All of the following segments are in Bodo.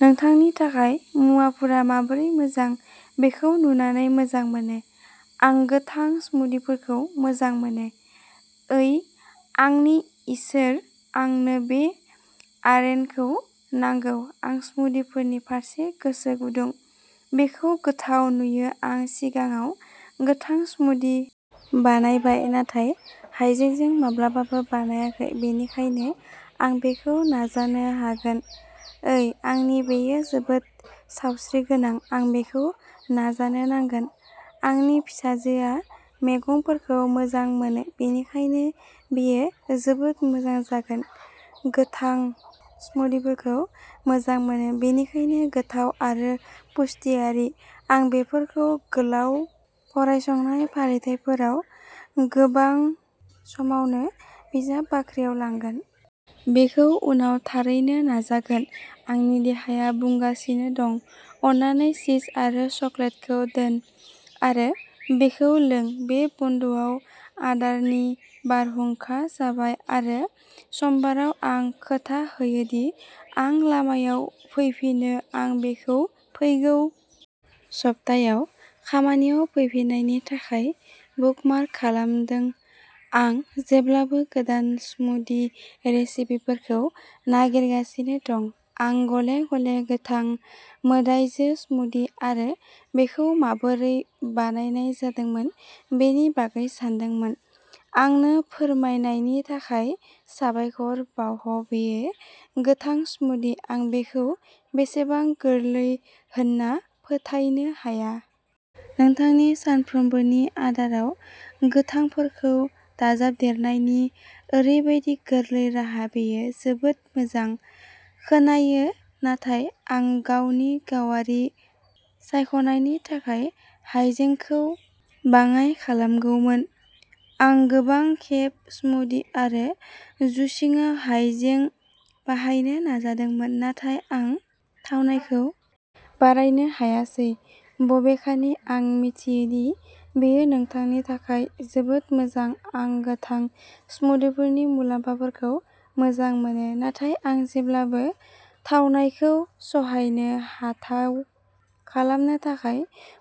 नोंथांनि थाखाय मुवाफोरा माबोरै मोजां बेखौ नुनानै मोजां मोनो। आं गोथां स्मूदिफोरखौबो मोजां मोनो। ओइ आंनि इसोर आंनो बे आरएनखौ नांगौ आं स्मूदिफोरनि फारसे गोसो गुदुं। बेखौ गोथाव नुयो आं सिगाङाव गोथां स्मूदि बानायबाय नाथाय हायजेंजों माब्लाबाबो बानायाखै बेनिखायनो आं बेखौ नाजानो नांगोन ओइ आंनि बेयो जोबोद सावस्रिगोनां आं बेखौ नाजानो नांगोन आंनि फिसाजोआ मैगंफोरखौ मोजां मोनो बेनिखायनो बेयो जोबोद मोजां जागोन गोथां स्मूदिफोरखौ मोजां मोनो बेनिखायनो गोथाव आरो पुष्टियारि आं बेफोरखौ गोलाव फरायसंनाय फालिथायफोराव गोबां समावनो बिजाब बाख्रियाव लांगोन। बेखौ उनाव थारैनो नाजागोन आंनि देहाया बुंगासिनो दं अन्नानै चिज आरो चकलेटखौ दोन आरो बेखौ लों बे बन्द'आव आदारनि बारहुंखा जाबाय आरो समबाराव आं खोथा होयो दि आं लामायाव फैफिनो आं बेखौ फैगौ सप्तायाव खामानियाव फैफिन्नायनि थाखाय बुकमार्क खालामदों आं जेब्लाबो गोदान स्मूदि रेसिपिफोरखौ नागिरगासिनो दं आं गले गले गोथां मोदाइजो स्मूदि आरो बेखौ माबोरै बानायनाय जादोंमोन बेनि बागै सानदोंमोन आंनो फोरमायनायनि थाखाय साबायखर बाह बेयो गोथां स्मूदि आं बेखौ बेसेबां गोरलै होनना फोथायनो हाया। नोंथांनि सानफ्रोमबोनि आदाराव गोथांफोरखौ दाजाबदेरनायनि ओरैबायदि गोरलै राहा बेयो जोबोद मोजां खोनायो नाथाय आं गावनि गावारि सायख'नायनि थाखाय हाइजेंखौ बाङाइ खालामगौमोन। आं गोबां खेब स्मूदि आरो जुसिंआव हाइजें बाहायनो नाजादोंमोन नाथाय आं थावनायखौ बारायनो हायासै बबेखानि आं मिथियो दि बेयो नोंथांनि थाखाय जोबोद मोजां आं गोथां स्मूदिफोरनि मुलाम्फाखौ मोजां मोनो नाथाय आं जेब्लाबो थावनायखौ सहायनो हाथाव खालामनो थाखाय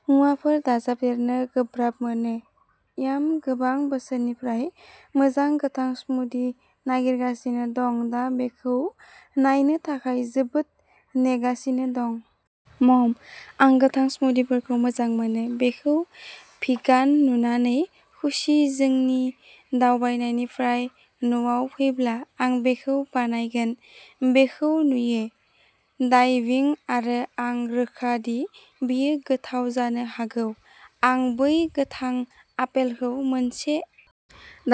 मुवाफोर दाजाबदेरनो गोब्राब मोनो याम गोबां बोसोरनिफ्राय मोजां गोथां स्मूदि नागिरगासिनो दं दा बेखौ नायनो थाखाय जोबोद नेगासिनो दं। मम आं गोथां स्मूदिफोरखौ मोजां मोनो। बेखौ भिगान नुनानै खुसि जोंनि दावबायनायनिफ्राय न'आव फैब्ला आं बेखौ बानायगोन बेखौ नुयो डाइभिं आरो आं रोखा दि बेयो गोथाव जानो हागौ आं बै गोथां आपेलखौ मोनसे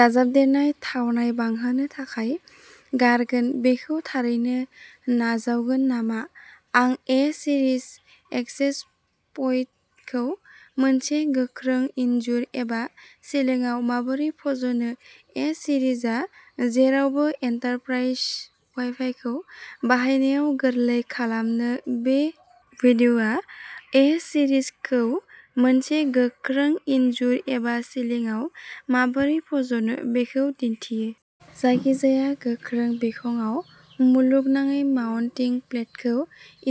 दाजाबदेरनाय थावनाय बांहोनो थाखाय गारगोन बेखौ थारैनो नाजावगोन नामा आं ए सिरिज एक्सेस पइटखौ मोनसे गोख्रों इनजुर एबा सिलिंआव माबोरै फज'नो ए सीरीजआ जेरावबो एन्टारप्राइज वाइफाइखौ बाहायनायाव गोरलै खालामो बे वीडियोआ ए सीरीजखौ मोनसे गोख्रों इनजुर एबा सिलिंआव माबोरै फज'नो बेखौ दिन्थियो। जायखिजाया गोख्रों बिखंआव मुलुगनाङै माउन्टिं प्लेटखौ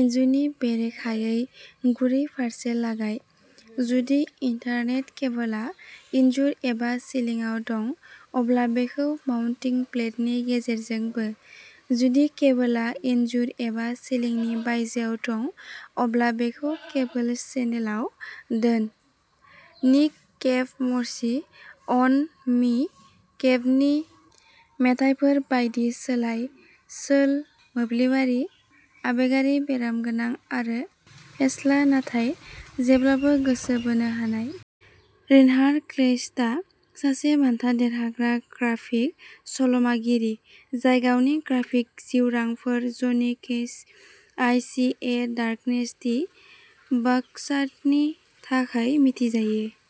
इनजुरनि बेरेखायै गुरै फारसे लागाय। जुदि इनथारनेट केबलआ इनजुर एबा सिलिंआव दं अब्ला बेखौ माउन्टिं प्लेटनि गेजेरजों बो जुदि केबलआ इनजुर एबा सिलिंनि बायजोआव दं अब्ला बेखौ केबल चेनेलाव दोन निक केभ मर्सी अन मी केभनि मेथाइफोर बायदि सोलाय सोल मोब्लिबारि आबेगारि बेरामगोनां आरो फेस्ला नाथाय जेब्लाबो गोसो बोनो हानाय। रेनहार्ड क्लेइस्टआ सासे बान्था देरहाग्रा ग्राफिक सल'मागिरि जाय गावनि ग्राफिक जिउरांफोर जनि Cash I see a darkness the बाक्सारनि थाखाय मिथिजायो।